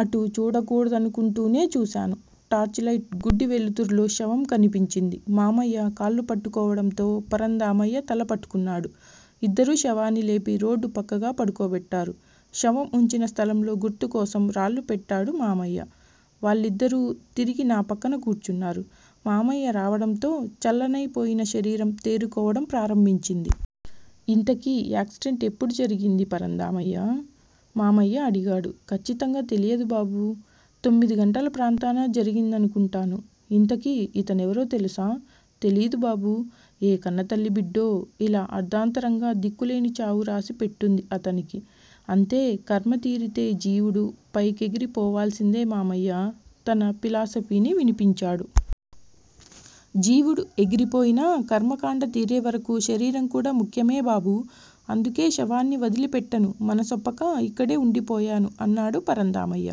అటు చూడకూడదనుకుంటూనే చూశాను. టార్చిలైట్ గుడ్డి వెలుతురులో శవం కనిపించింది. మామయ్య కాళ్ళు పట్టుకోవడంతో, పరంధామయ్య తల పట్టుకున్నాడు. ఇద్దరూ శవాన్ని లేపి రోడ్డు పక్కగా పడుకోబెట్టారు. శవం వుంచిన స్థలంలో గుర్తుకోసం రాళ్ళు పెట్టాడు మామయ్య. వాళ్ళిద్దరూ తిరిగి నా పక్కన కూర్చున్నారు. మామయ్య రావడంతో చల్లనైపోయిన శరీరం తేరుకోవడం ప్రారంభించింది. ఇంతకీ యాక్సిడెంట్ ఎప్పుడు జరిగింది పరంధామయ్యా? మామయ్య అడిగాడు. ఖచ్చితంగా తెలియదు బాబూ! తొమ్మిది గంటల ప్రాంతాన జరిగిందనుకుంటాను. ఇంతకీ ఇతనెవరో తెలుసా? తెలీదు బాబూ! ఏ కన్నతల్లి బిడ్డో. ఇలా అర్థాంతరంగా దిక్కు లేని చావు రాసి పెట్టుంది అతనికి. అంతే. ఖర్మ తీరితే జీవుడు పైకెగిరి పోవాల్సిందే మామయ్య తన ఫిలాసఫీని వినిపించాడు. జీవుడు ఎగిరిపోయినా, కర్మ కాండ తీరేవరకు శరీరం కూడా ముఖ్యమే బాబూ! అందుకే శవాన్ని వదలి పెట్టను మనసొప్పక ఇక్కడే వుండిపోయాను అన్నాడు పరంధామయ్య.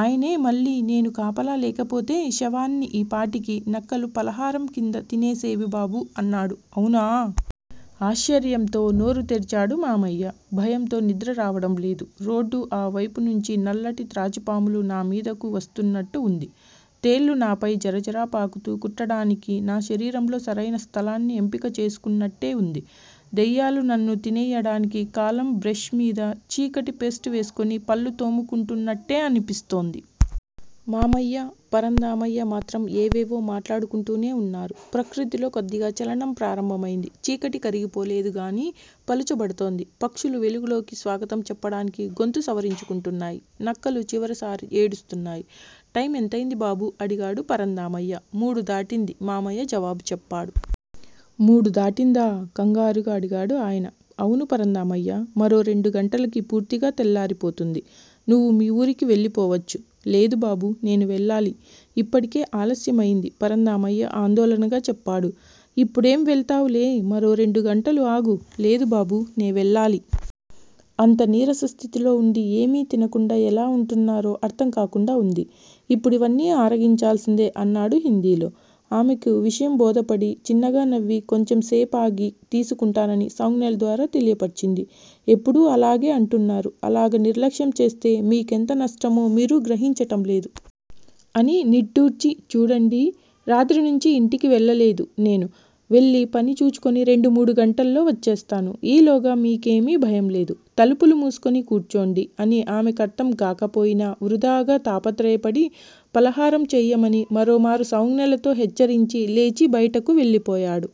ఆయనే మళ్ళీ నేను కాపలా లేకపోతే శవాన్ని ఈ పాటికి నక్కలు పలహారం కింద తినేసేవి బాబూ అన్నాడు. అవునా! ఆశ్చర్యంతో నోరు తెరిచాడు మామయ్య. భయంతో నిద్ర రావడంలేదు. రోడ్డు ఆ వైపు నుంచి నల్లటి త్రాచుపాములు నా మీదకు వస్తున్నట్టే వుంది. తేళ్లు నాపై జరజరా పాకుతూ కుట్టడానికి నా శరీరంలో సరైన స్థలాన్ని ఎంపిక చేసుకున్నట్టే వుంది. దెయ్యాలు నన్ను తినెయ్యడానికి కాలం బ్రెష్ మీద చీకటి పేస్ట్ వేసుకుని పళ్ళు తోముకుంటున్నట్టే అనిపిస్తోంది. మామయ్య, పరంధామయ్య మాత్రం ఏవేవో మాట్లాడుకుంటూనే వున్నారు. ప్రకృతిలో కొద్దిగా చలనం ప్రారంభమైంది. చీకటి కరిగిపోలేదు గానీ పలుచబడుతోంది. పక్షులు వెలుగుకి స్వాగతం చెప్పడానికి గొంతు సవరించుకుంటున్నాయి. నక్కలు చివరసారి ఏడుస్తున్నాయి. టైమ్ ఎంతైంది బాబూ? అడిగాడు పరంధామయ్య. మూడు దాటింది మామయ్య జవాబు చెప్పాడు. మూడు దాటిందా? కంగారుగా అడిగాడు ఆయన. అవును పరంధామయ్య, మరో రెండు గంటలకి పూర్తిగా తెల్లారిపోతుంది. నువ్వు మీవూరికి వెళ్ళిపోవచ్చు. లేదు బాబూ నేను వెళ్ళాలి. ఇప్పటికే ఆలస్యమైంది పరంధామయ్య ఆందోళనగా చెప్పాడు. ఇప్పుడేం వెళతావులే, మరో రెండు గంటలు ఆగు. లేదు బాబూ! నే వెళ్ళాలి. అంత నీరసస్థితిలో వుండి ఏమీ తినకుండా యెలా వుంటున్నారో అర్థంకాకుండా వుంది. ఇప్పుడివన్నీ అరగించాల్సిందే అన్నాడు హిందీలో. ఆమెకు విషయం బోధపడి, చిన్నగా నవ్వి కొంచెంసేపాగి తీసుకుంటానని సౌంజ్ఞలు ద్వారా తెలియపర్చింది. ఎప్పుడూ అలాగే అంటున్నారు. అలాగ నిర్లక్ష్యం చేస్తే మీకెంత నష్టమో మీరు గ్రహించటంలేదు. అని నిట్టూర్చి చూడండీ. రాత్రి నుంచీ యింటికి వెళ్ళలేదు నేను. వెళ్ళి పని చూచుకుని రెండు మూడు గంటల్లో వచ్చేస్తాను. ఈలోగా మీకేమీ భయంలేదు. తలుపులు మూసుకుని కూర్చోండి అని ఆమె కర్థం గాకపోయినా వృథాగా తాపత్రయపడి ఫలహారం చెయ్యమని మరోమారు సౌంజ్ఞలతో హెచ్చరించి, లేచి బయటకు వెళ్ళిపోయాడు.